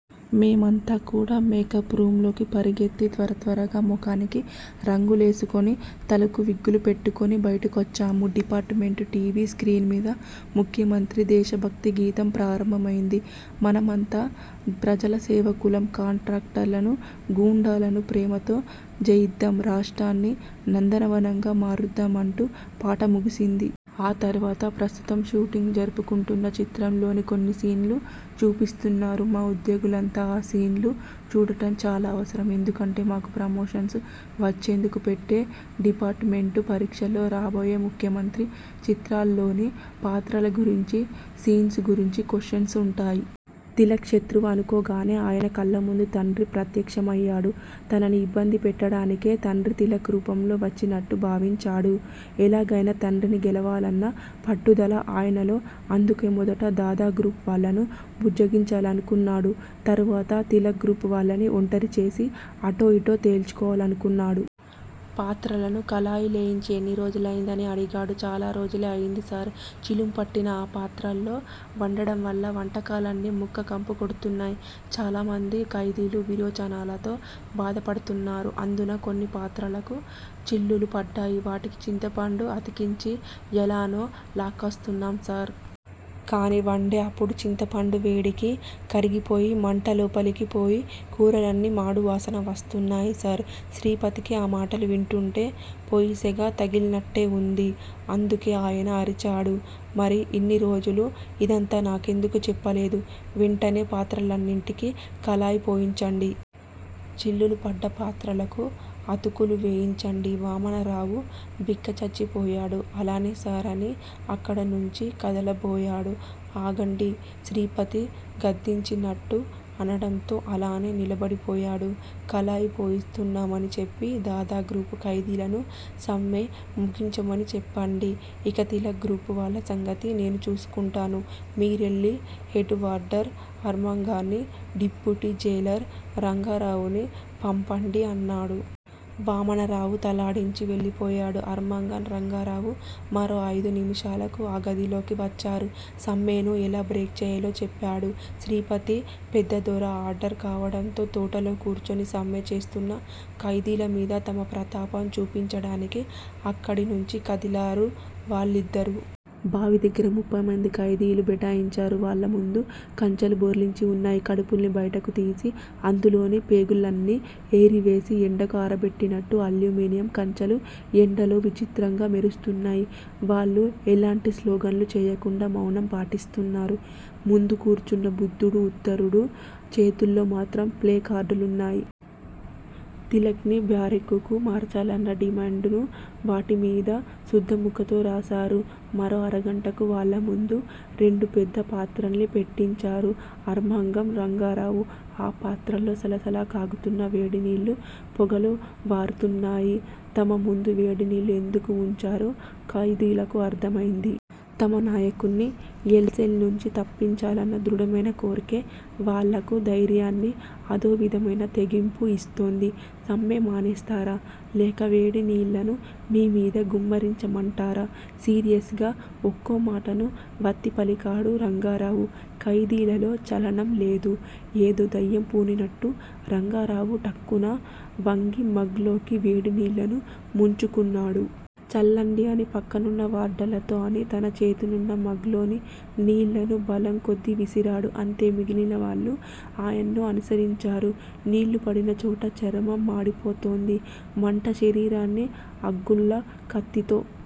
మేమంతా కూడా makeup room లోకి పరుగెత్తి త్వరత్వరగా మొఖానికి రంగులేసుకుని, తలకు విగ్గులు పెట్టుకుని బయటికొచ్చాము. డిపార్ట్ మెంట్ టీవీ స్క్రీన్ మీద ముఖ్యమంత్రి దేశ భక్తి గీతం ప్రారంభమయింది. మనమంతా ప్రజల సేవకులం కాంట్రాక్టర్లనూ, గూండాలనూ ప్రేమతో జయిద్దాం! రాష్ట్రాన్ని నందనవనంగా మారుద్దాం అంటూ పాట ముగిసింది. ఆ తరువాత ప్రస్తుతం షూటింగ్ జరుపుకుంటున్న చిత్రంలోని కొన్ని సీన్లు చూపిస్తున్నారు. మా ఉద్యోగులంతా ఆ సీన్లు చూడటం చాలా అవసరం. ఎందుకంటే మాకు ప్రమోషన్స్ వచ్చేందుకు పెట్టే డిపార్ట్ మెంట్ పరీక్షల్లో రాబోయే ముఖ్యమంత్రి చిత్రాల్లోని పాత్రల గురించీ, సీన్స్ గురించీ కొశ్చెన్స్ ఉంటాయ్. తిలక్ శత్రువు అనుకోగానే ఆయన కళ్ళముందు తండ్రి ప్రత్యక్షమయ్యాడు. తనని ఇబ్బంది పెట్టడానికే తండ్రి తిలక్ రూపంలో వచ్చినట్టు భావించాడు. ఎలాగయినా తండ్రిని గెలవాలన్న పట్టుదల ఆయనలో. అందుకే మొదట దాదా గ్రూప్ వాళ్ళను బుజ్జగించాలనుకున్నాడు. తరువాత తిలక్ గ్రూప్ వాళ్ళని ఒంటరి చేసి అటో ఇటో తేల్చుకోవాలనుకున్నాడు. పాత్రలను కళాయి లేయించి ఎన్ని రోజులైంది అని అడిగాడు. చాలా రోజులే అయ్యింది సార్. చిలుంపట్టిన ఆ పాత్రల్లో వండడం వల్ల వంటకాలన్నీ ముక్క కంపు కొడుతున్నాయి. చాలామంది ఖైదీలు విరోచనాలతో బాధపడుతున్నారు. అందునా కొన్ని పాత్రలకు చిల్లులు పడ్డాయి. వాటికి చింతపండు అతికించి యెలానో లాక్కొస్తున్నాం సార్. కానీ వండేప్పుడు చింతపండు వేడికి కరిగిపోయి మంట లోపలికి పోయి కూరలన్నీ మాడు వాసన వేస్తున్నాయి సార్. శ్రీపతికి ఆ మాటలు వింటుంటే పొయ్యి సెగ తగిలినట్లే వుంది. అందుకే ఆయన అరిచాడు మరి ఇన్ని రోజులు ఇదంతా నాకెందుకు చెప్పలేదు. వెంటనే పాత్రలన్నిటికీ కళాయి పోయించండి. చిల్లులు పడ్డ పాత్రలకు అతుకులు వేయించండి వామనరావు బిక్కచచ్చిపోయాడు. అలానే సార్ అని అక్కడినుంచి కదలబోయాడు. ఆగండి శ్రీపతి గద్దించినట్టు అనడంతో అలానే నిలబడిపోయాడు. కళాయి పోయిస్తున్నామని చెప్పి దాదా గ్రూప్ ఖైదీలను సమ్మె ముగించమని చెప్పండి. ఇక తిలక్ గ్రూప్ వాళ్ళ సంగతి నేను చూసుకుంటాను మీరెళ్ళి హెడ్ వార్డర్ ఆర్మంగాన్ని, డిప్యూటి జైలర్ రంగారావునీ పంపండి అన్నాడు. వామనరావు తల ఆడించి వెళ్ళిపోయాడు. ఆర్మంగం, రంగారావు మరో అయిదు నిముషాలకు ఆ గదిలోకి వచ్చారు. సమ్మెను ఎలా బ్రేక్ చేయాలో చెప్పాడు శ్రీపతి. పెద్ద దొర ఆర్డర్ కావడంతో తోటలో కూర్చుని సమ్మె చేస్తున్న ఖైదీల మీద తమ ప్రతాపం చూపించడానికి అక్కడి నుంచి కదిలారు వాళ్ళిద్దరూ. బావి దగ్గర ముప్ఫై మంది ఖైదీలు బైఠాయించారు. వాళ్ళ ముందు కంచాలు బోర్లించి వున్నాయి. కడుపుల్ని బయటకు తీసి అందులోని పేగులన్నీ ఏరివేసి ఎండకు ఆరబెట్టినట్టు? అల్యూమినియం కంచాలు ఎండలో విచిత్రంగా మెరుస్తున్నాయి. వాళ్ళు ఎలాంటి స్లోగన్లు చేయకుండా మౌనం పాటిస్తున్నారు. ముందు కూర్చున్న బుద్ధుడు, ఉత్తరుడు చేతుల్లో మాత్రం ప్లేకార్డులున్నాయి. తిలక్ ని బ్యారెక్కుకు మార్చాలన్న డిమాండ్ ను వాటిమీద సుద్ద ముక్కతో రాసారు. మరో అరగంటకు వాళ్ళముందు రెండు పెద్ద పాత్రల్ని పెట్టించారు ఆర్మంగం, రంగారావు. ఆ పాత్రలో సలసల కాగుతున్న వేడినీళ్ళ పొగలు వారుతున్నాయి. తమ ముందు వేడినీళ్ళు ఎందుకు వుంచారో ఖైదీలకు అర్థమైంది. తమ నాయకుడ్ని ఎల్ సెల్ నుంచి తప్పించాలన్న దృఢమైన కోర్కె వాళ్ళకు ధైర్యాన్ని, అదో విధమైన తెగింపు ఇస్తోంది. సమ్మె మానేస్తారా లేక వేడి నీళ్ళను మీ మీద గుమ్మరించమంటారా? సీరియస్ గా ఒక్కో మాటను వత్తి పలికాడు రంగారావు. ఖైదీలలో చలనం లేదు. ఏదో దెయ్యం పూనినట్టు రంగారావు ఠక్కున వంగి మగ్ లోకి వేడి నీళ్ళను ముంచుకున్నాడు. చల్లండి అని పక్కనున్న వార్డర్లతో అని తన చేతినున్న మగ్ లోని నీళ్ళను బలం కొద్దీ విసిరాడు. అంతే మిగిలిన వాళ్ళూ ఆయన్ను అనుసరించారు. నీళ్ళు పడిన చోట చర్మం మాడిపోతోంది. మంట శరీరాన్ని అగ్గుల కత్తితో